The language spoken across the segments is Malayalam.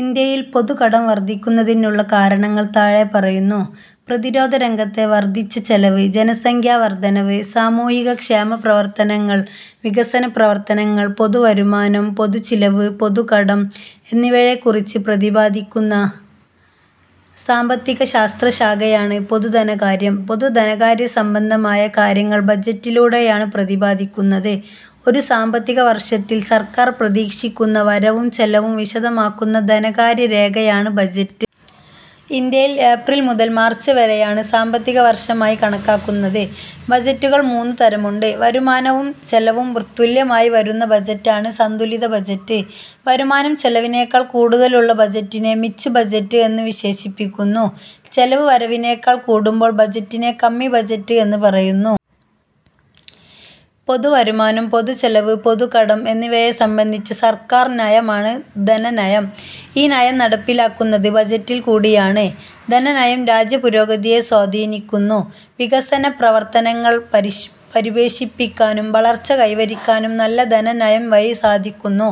ഇന്ത്യയിൽ പൊതുകടം വർധിക്കുന്നതിനുള്ള കാരണങ്ങൾ താഴെപ്പറയുന്നു. പ്രതിരോധരംഗത്തെ വർധിച്ച ചെലവ്, ജനസംഖ്യാവർധനവ്, സാമൂഹികക്ഷേമപ്രവർത്തനങ്ങൾ, വികസനപ്രവർത്തനങ്ങൾ. പൊതുവരുമാനം, പൊതുചെലവ്, പൊതുകടം എന്നിവയെക്കുറിച്ച് പ്രതിപാദിക്കുന്ന സാമ്പത്തികശാസ്ത്രശാഖയാണ് പൊതുധനകാര്യം. പൊതു ധനകാര്യ സംബന്ധമായ കാര്യങ്ങൾ ബജറ്റിലൂടെയാണ് പ്രതിപാദിക്കുന്നത്. ഒരു സാമ്പത്തികവർഷത്തിൽ സർക്കാർ പ്രതീക്ഷിക്കുന്ന വരവും ചെലവും വിശദമാക്കുന്ന ധനകാര്യരേഖയാണ് ബജറ്റ്. ഇന്ത്യയിൽ ഏപ്രിൽ മുതൽ മാർച്ച് വരെയാണ് സാമ്പത്തികവർഷമായി കണക്കാക്കുന്നത്. ബജറ്റുകൾ മൂന്നു തരമുണ്ട്. വരുമാനവും ചെലവും തുല്യമായി വരുന്ന ബജറ്റാണ് സന്തുലിത ബജറ്റ്. വരുമാനം ചെലവിനേക്കാൾ കൂടുതലുള്ള ബജറ്റിനെ മിച്ച് ബജറ്റ് എന്നു വിശേഷിപ്പിക്കുന്നു. ചെലവ് വരവിനേക്കാൾ കൂടുമ്പോൾ ബജറ്റിനെ കമ്മി ബജറ്റ് എന്നു പറയുന്നു. പൊതുവരുമാനം, പൊതുചെലവ്, പൊതുകടം എന്നിവയെ സംബന്ധിച്ച സർക്കാർ നയമാണ് ധനനയം. ഈ നയം നടപ്പിലാക്കുന്നത് ബജറ്റിൽക്കൂടിയാണ്. ധനനയം രാജ്യപുരോഗതിയെ സ്വാധീനിക്കുന്നു. വികസനപ്രവർത്തനങ്ങൾ പരിപോഷിപ്പിക്കാനും വളർച്ച കൈവരിക്കാനും നല്ല ധനനയം വഴി സാധിക്കുന്നു.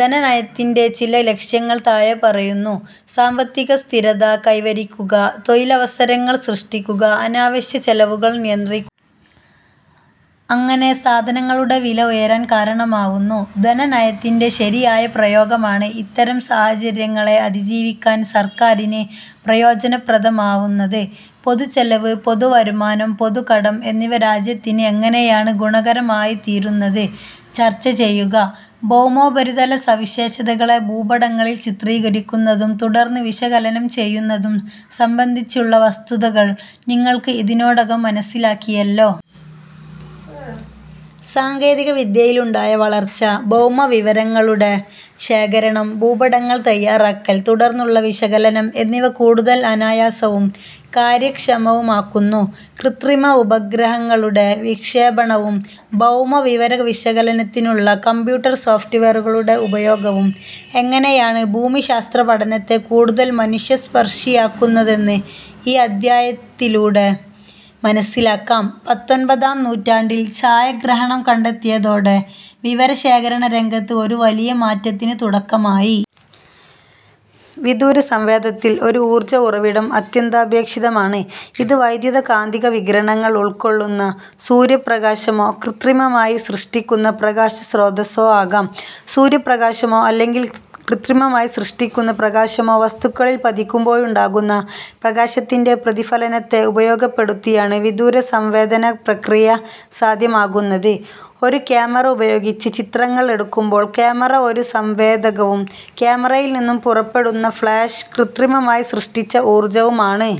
ധനനയത്തിന്റെ ചില ലക്ഷ്യങ്ങൾ താഴെപ്പറയുന്നു. സാമ്പത്തികസ്ഥിരത കൈവരിക്കുക. തൊഴിലവസരങ്ങൾ സൃഷ്ടിക്കുക.. അനാവശ്യ ചെലവുകൾ നിയന്ത്രിക്കുക. അങ്ങനെ സാധനങ്ങളുടെ വില ഉയരാൻ കാരണമാവുന്നു. ധനനയത്തിന്റെ ശരിയായ പ്രയോഗമാണ് ഇത്തരം സാഹചര്യങ്ങളെ അതിജീവിക്കാൻ സർക്കാരിന് പ്രയോജനപ്രദമാവുന്നത്. പൊതുചെലവ്, പൊതുവരുമാനം, പൊതുകടം എന്നിവ രാജ്യത്തിന് എങ്ങനെയാണ് ഗുണകരമായിത്തീരുന്നത്? ചർച്ചചെയ്യുക. ഭൗമോപരിതല സവിശേഷതകളെ ഭൂപടങ്ങളിൽ ചിത്രീകരിക്കുന്നതും തുടർന്ന് വിശകലനം ചെയ്യുന്നതും സംബന്ധിച്ചുള്ള വസ്തുതകൾ നിങ്ങൾ ഇതിനോടകം മനസ്സിലാക്കിയല്ലോ. സാങ്കേതികവിദ്യയിലുണ്ടായ വളർച്ച ഭൗമവിവരങ്ങളുടെ ശേഖരണം, ഭൂപടങ്ങൾ തയാറാക്കൽ, തുടർന്നുള്ള വിശകലനം എന്നിവ കൂടുതൽ അനായാസവും കാര്യക്ഷമവുമാക്കുന്നു. കൃത്രിമ ഉപഗ്രഹങ്ങളുടെ വിക്ഷേപണവും ഭൗമ വിവര വിശകലനത്തിനുള്ള കമ്പ്യൂട്ടർ സോഫ്റ്റ്വെയറുകളുടെ ഉപയോഗവും എങ്ങനെയാണ് ഭൂമിശാസ്ത്രപഠനത്തെ കൂടുതൽ മനുഷ്യ സ്പർശിയാക്കുന്നതെന്ന് ഈ അധ്യായത്തിലൂടെ മനസ്സിലാക്കാം. പത്തൊൻപതാം നൂറ്റാണ്ടിൽ ഛായാഗ്രഹണം കണ്ടെത്തിയതോടെ വിവരശേഖരണരംഗത്ത് ഒരു വലിയ മാറ്റത്തിനു തുടക്കമായി. വിദൂരസംവേദനത്തിൽ ഒരു ഊർജ ഉറവിടം അത്യന്താപേക്ഷിതമാണ്. ഇത് വൈദ്യുതകാന്തിക വികിരണങ്ങൾ ഉൾക്കൊള്ളുന്ന സൂര്യപ്രകാശമോ കൃത്രിമമായി സൃഷ്ടിക്കുന്ന പ്രകാശസ്രോതസ്സോ ആകാം. സൂര്യപ്രകാശമോ അല്ലെങ്കിൽ കൃത്രിമമായി സൃഷ്ടിക്കുന്ന പ്രകാശമോ വസ്തുക്കളിൽ പതിക്കുമ്പോഴുണ്ടാകുന്ന പ്രകാശത്തിന്റെ പ്രതിഫലനത്തെ ഉപയോഗപ്പെടുത്തിയാണ് വിദൂര സംവേദന പ്രക്രിയ സാധ്യമാകുന്നത്. ഒരു ക്യാമറ ഉപയോഗിച്ച് ചിത്രങ്ങൾ എടുക്കുമ്പോൾ ക്യാമറ ഒരു സംവേദകവും ക്യാമറയിൽ നിന്നും പുറപ്പെടുന്ന ഫ്ളാഷ് കൃത്രിമമായി സൃഷ്ടിച്ച ഊർജവുമാണ്.